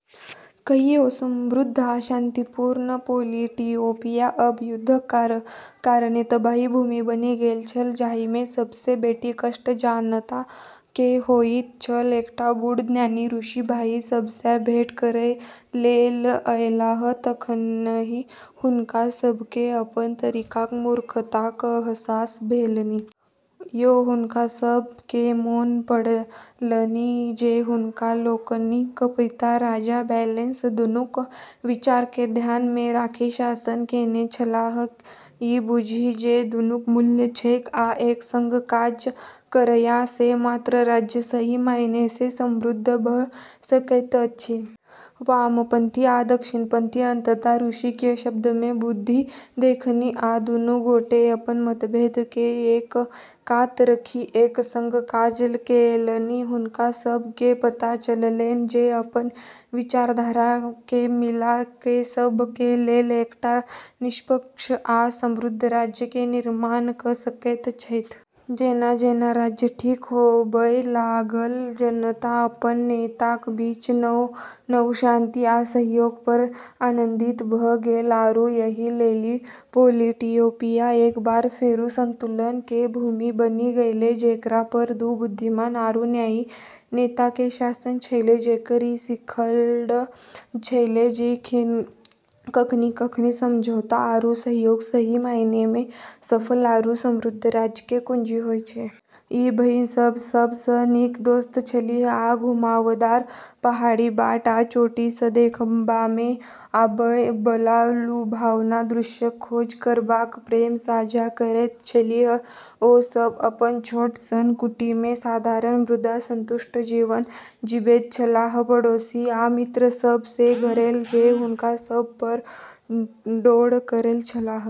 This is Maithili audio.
कहियो समृद्ध आ शांतिपूर्ण पोलिटिओपिया आब युद्धक कारणेँ तबाह भूमि बनि गेल छल, जाहि मे सबसँ बेसी कष्ट जनता केँ होइत छल एकटा बूढ़ ज्ञानी ऋषि भाइ सभसँ भेंट करय लेल अयलाह तखनहि हुनका सभकेँ अपन तरीकाक मूर्खताक अहसास भेलनि। ओ हुनका सभ केँ मोन पाड़लनि जे हुनका लोकनिक पिता राजा बैलेंस दुनूक विचार केँ ध्यान मे राखि शासन केने छलाह, ई बुझि जे दुनूक मूल्य छैक आ एक संग काज कयला सँ मात्र राज्य सही मायने मे समृद्ध भ' सकैत अछि। वामपंथी आ दक्षिणपंथी अंततः ऋषि के शब्द में बुद्धि देखलनि, आ दुनू गोटे अपन मतभेद के एक कात राखि एक संग काज केलनि। हुनका सब के पता चललैन जे अपन विचारधारा के मिला क सब के लेल एकटा निष्पक्ष आ समृद्ध राज्य के निर्माण क सकैत छैथ। जेना-जेना राज्य ठीक होबय लागल, जनता अपन नेताक बीच नव-नव शांति आ सहयोग पर आनन्दित भ' गेल। आरू यही लेली, पोलिटियोपिया एक बार फेरू संतुलन के भूमि बनी गेलै, जेकरा पर दू बुद्धिमान आरू न्यायी नेता के शासन छेलै, जेकरा ई सिखलऽ छेलै कि कखनी-कखनी, समझौता आरू सहयोग सही मायने में सफल आरू समृद्ध राज्य के कुंजी होय छै। ई बहिन सब सब सं नीक दोस्त छलीह, आ घुमावदार पहाड़ी बाट आ चोटी सं देखबामें आबय बला लुभावन दृश्यक खोज करबाक प्रेम साझा करैत छलीह. ओ सभ अपन छोट सन कुटी मे साधारण मुदा संतुष्ट जीवन जीबैत छलाह, पड़ोसी आ मित्र सभ सँ घेरल जे हुनका सभ पर डोट करैत छलाह।